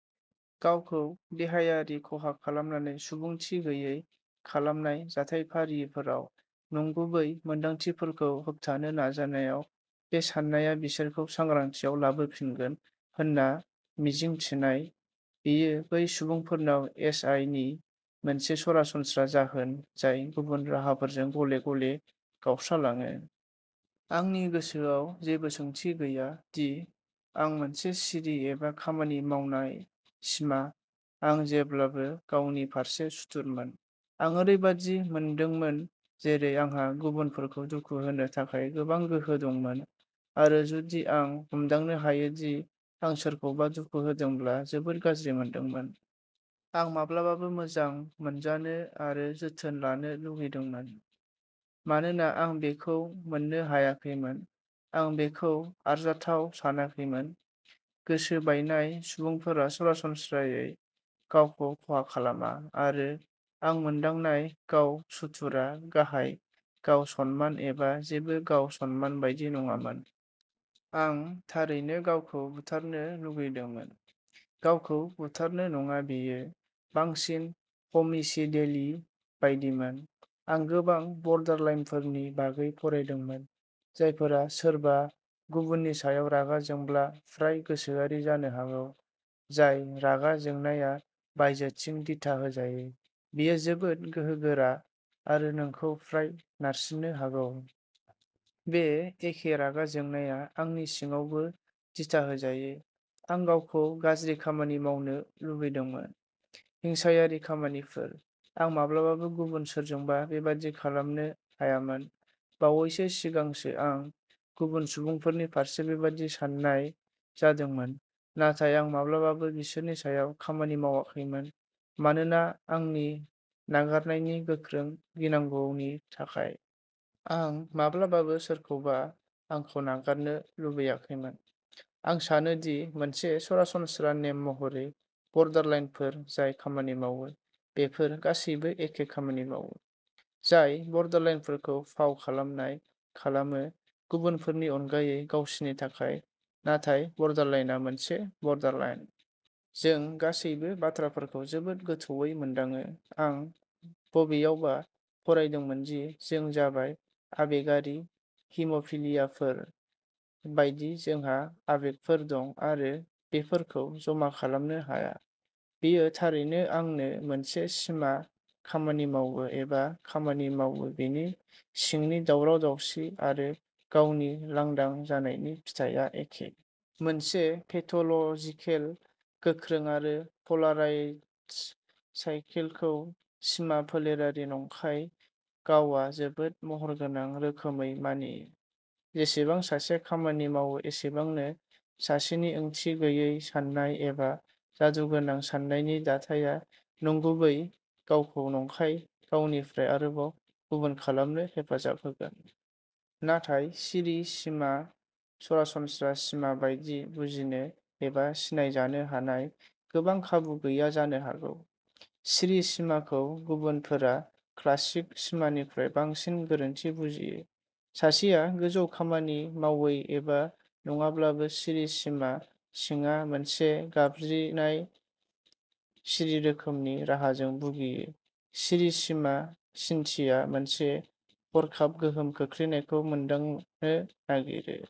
गावखौ देहायारि खहा खालामनानै सुबुंथि गैयै खालामनाय जाथायफारिफोराव नंगुबै मोन्दांथिफोरखौ होबथानो नाजानायाव बे सान्नाया बिसोरखौ सांग्रांथियाव लाबोफिनगोन होनना मिजिं थिनाय। बेयो बै सुबुंफोरनाव एस. आइ. नि मोनसे सरासनस्रा जाहोन जाय गुबुन राहाफोरजों गले-गले गावस्रालाङो। आंनि गोसोआव जेबो सोंथि गैया दि आं मोनसे सिरि एबा खामानि मावनाय सिमा। आं जेब्लाबो गावनि फारसे सुथुरमोन। आं ओरैबायदि मोनदोंमोन जेरै आंहा गुबुनफोरखौ दुखु होनो थाखाय गोबां गोहो दंमोन आरो जुदि आं हमदांनो हायोदि आं सोरखौबा दुखु होदोंब्ला जोबोद गाज्रि मोनदोंमोन। आं माब्लाबाबो मोजां मोनजानो आरो जोथोन लानो लुगैदोंमोन। मानोना आं बेखौ मोननो हायाखैमोन, आं बेखौ आरजाथाव सानाखैमोन। गोसो बायनाय सुबुंफोरा सरासनस्रायै गावखौ खहा खालामा, आरो आं मोनदांनाय गाव-सुथुरआ गाहाय गाव-सनमान एबा जेबो गाव-सन्मान बायदि नङामोन। आं थारैनो गावखौ "बुथारनो" लुगैदोंमोन, गावखौ बुथारनो नङा बेयो। बांसिन ह'मिसिदेलि बायदिमोन। आं गोबां बर्डारलाइनफोरनि बागै फरायदोंमोन, जायफोरा सोरबा गुबुननि सायाव रागा जोंब्ला फ्राय गोसोआरि जानो हागौ। जाय रागा जोंनाया बायजोथिं दिथा होजायो, बेयो जोबोद गोहोगोरा आरो नोंखौ फ्राय नारसिन्नो हागौ। बे एखे रागा जोंनाया आंनि सिङावबो दिथा होजायो। आं गावखौ गाज्रि खामानि मावनो लुबैदोंमोन, हिंसायारि खामानिफोर। आं माब्लाबाबो गुबुन सोरजोंबा बेबादि खालामनो हायामोन। बावैसो सिगांसो आं गुबुन सुबुंफोरनि फारसे बेबादि साननाय जादोंमोन। नाथाय आं माब्लाबाबो बिसोरनि सायाव खामानि मावाखैमोन मानोना आंनि नागारनायनि गोख्रों गिनांगौनि थाखाय। आं माब्लाबाबो सोरखौबा आंखौ नागारनो लुबैयाखैमोन। आं सानो दि मोनसे सरासनस्रा नेम महरै बर्डारलाइनफोर जाय खामानि मावो, बेफोर गासैबो एखे खामानि मावो, जाय बर्डारलाइनफोरखौ "फाव खालामनाय" खालामो, गुबुनफोरनि अनगायै गावसिनि थाखाय। नाथाय बर्डारलाइनआ मोनसे बर्डारलाइन। जों गासैबो बाथ्राफोरखौ जोबोद गोथौवै मोनदाङो। आं बबेयावबा फरायदोंमोन दि जों जाबाय आबेगारि हिम'फिलियाफोर बायदि जोंहा आबेगफोर दं आरो बेफोरखौ जमा खालामनो हाया। बेयो थारैनो आंनो मोनसे सिमा खामानि मावो एबा खामानि मावो बिनि सिंनि दावराव-दावसि आरो गावनि लांदां जानायनि फिथाया एखे। मोनसे पेथ'ल'जिकेल, गोख्रों, आरो पोलाराइज्ड साइकेलखौ सिमा फोलेरारि नंखाय गावआ जोबोद महरगोनां रोखोमै मानियो। जेसेबां सासेया खामानि मावो एसेबांनो सासेनि ओंथि गैयै साननाय एबा जादुगोनां साननायनि दाथाया नंगुबै गावखौ नंखाय गावनिफ्राय आरोबाव गुबुन खालामनो हेफाजाब होगोन। नाथाय सिरि सिमा सरासनस्रा सिमा बायदि बुजिनो एबा सिनायजानो हानाय गोबां खाबु गैया जानो हागौ। सिरि सिमाखौ गुबुनफोरा क्लासिक सिमानिख्रुइ बांसिन गोरोन्थि बुजियो। सासेया गोजौ खामानि मावै एबा नङाब्लाबो सिरि सिमा सिङा मोनसे गाबज्रिनाय सिरि रोखोमनि राहाजों भुगियो। सिरि सिमा सिन्थिया मोनसे हरखाब गोहोम खोख्लैनायखौ मोनदांनो नागिरो।